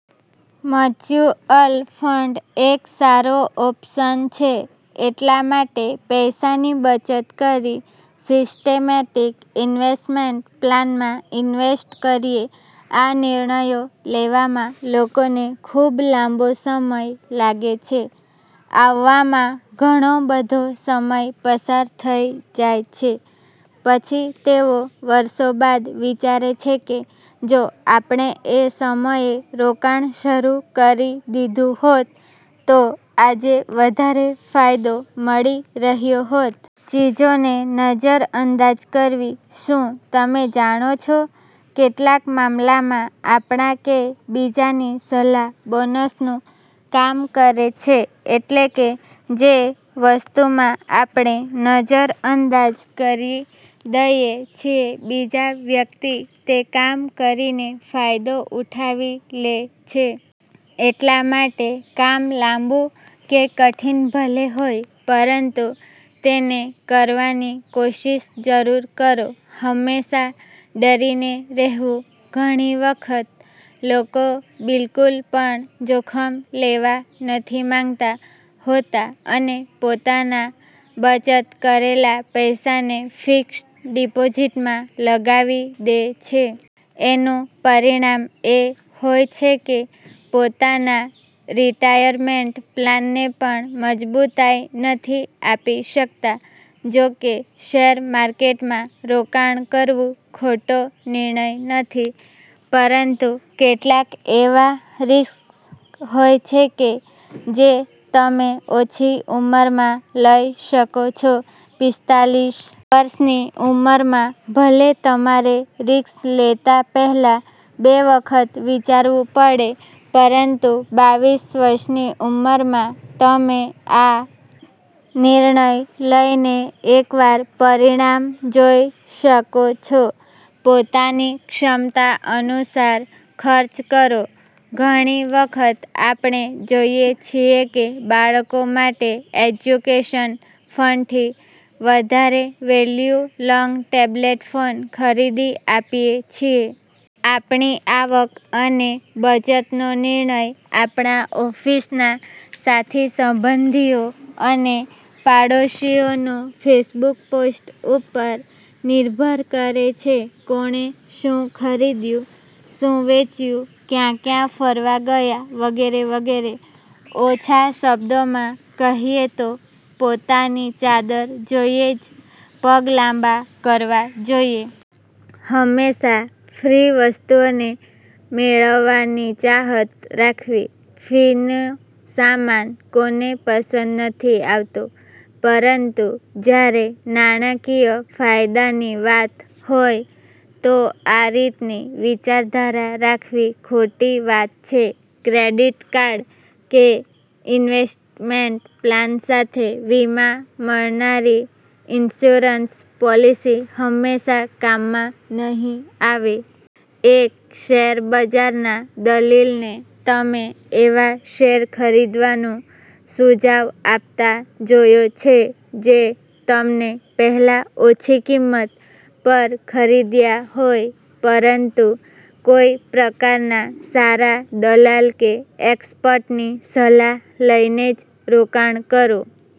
Mutual fund એક સારો option છે એટલા માટે પૈસાની બચત કરી સિસ્ટમેટિક ઇન્વેસ્ટમેન્ટ પ્લાનમાં ઇન્વેસ્ટ કરીએ. આ નિર્ણયો લેવામાં લોકોને ખૂબ લાંબો સમય લાગે છે. આવવામાં ઘણો બધો સમય પસાર થઈ જાય છે પછી તેઓ વર્ષો બાદ વિચારે છે કે જો આપણે એ સમયે રોકાણ શરૂ કરી દીધું હોત તો આજે વધારે ફાયદો મળી રહ્યો હોત. ચીજોને નજરઅંદાજ કરવી, શું તમે જાણો છો કેટલાક મામલામાં આપણા કે બીજાની સલાહ બોનસ નું કામ કરે છે. એટલે કે જે વસ્તુમાં આપણે નજર અંદાજ કરી દઈએ છીએ બીજા વ્યક્તિ તે કામ કરીને ફાયદો ઉઠાવી લે છે. એટલા માટે કામ લાંબુ કે કઠિન ભલે હોય પરંતુ તેને કરવાની કોશીશ જરૂર કરો. હંમેશા ડરીને રહેવું, ઘણી વખત લોકો બિલકુલ પણ જોખમ લેવા નથી માંગતા હોતા અને પોતાના બચત કરેલા પૈસાને ફિક્સ્ડ ડિપોઝિટમાં લગાવી દે છે. એનું પરિણામ એ હોય છે કે પોતાના રિટાયરમેન્ટ પ્લાન ને પણ મજબૂતાઈ નથી આપી શકતા. જો કે શેર માર્કેટમાં રોકાણ કરવું ખોટો નિર્ણય નથી. પરંતુ કેટલાક એવા રિસ્ક હોય છે જે તમે ઓછી ઉંમરમાં લઈ શકો છો.પિસ્તાલીસ વર્ષની ઉંમરમાં ભલે તમારે રિસ્ક લેતા પહેલાં બે વખત વિચારવું પડે પરંતુ બાવીસ વર્ષની ઉંમરમાં તમે આ નિર્ણય લઈને એકવાર પરિણામ જોઈ શકો છો. પોતાની ક્ષમતા અનુસાર ખર્ચ કરો. ઘણી વખત આપણે જોઈએ છીએ કે બાળકો માટે એજ્યુકેશન ફંડથી વધારે વેલ્યુ લૉગ ટેબલેટ ફોન ખરીદી આપીએ છીએ. આપણી આવક અને બચતનો નિર્ણય આપણા ઓફિસના સાથી સંબંધીઓ અને પડોશીઓના ફેસબુક પોસ્ટ ઉપર નિર્ભર કરે છે. કોણે શું ખરીદ્યું, શું વેચ્યું, ક્યાં ક્યાં ફરવા ગયા વગેરે વગેરે. ઓછા શબ્દોમાં કહીએ તો પોતાની ચાદર જોઈને જ પગ લાંબા કરવા જોઈએ. હંમેશા ફ્રી વસ્તુઓને મેળવવાની ચાહત રાખવી, ફ્રી નો સામાન કોને પસંદ નથી આવતો. પરંતુ જ્યારે નાણાકીય ફાયદાની વાત હોય તો આ રીતની વિચારધારા રાખવી ખોટી વાત છે. ક્રેડિટ કાર્ડ કે ઇન્વેસ્ટમેન્ટ પ્લાન સાથે વીમા મળનારી ઇન્સ્યોરન્સ પોલિસી હંમેશા કામમાં નહીં આવે. એક શેર બજારના દલીલને તમે એવા શેર ખરીદવાનો સુજાવ આપતા જોયો છે જે તમને પહેલા ઓછી કિંમત પર ખરીદ્યા હોય. પરંતુ કોઇ પ્રકારના સારા દલાલ કે એક્સપર્ટની સલાહ લઈને જ રોકાણ કરો.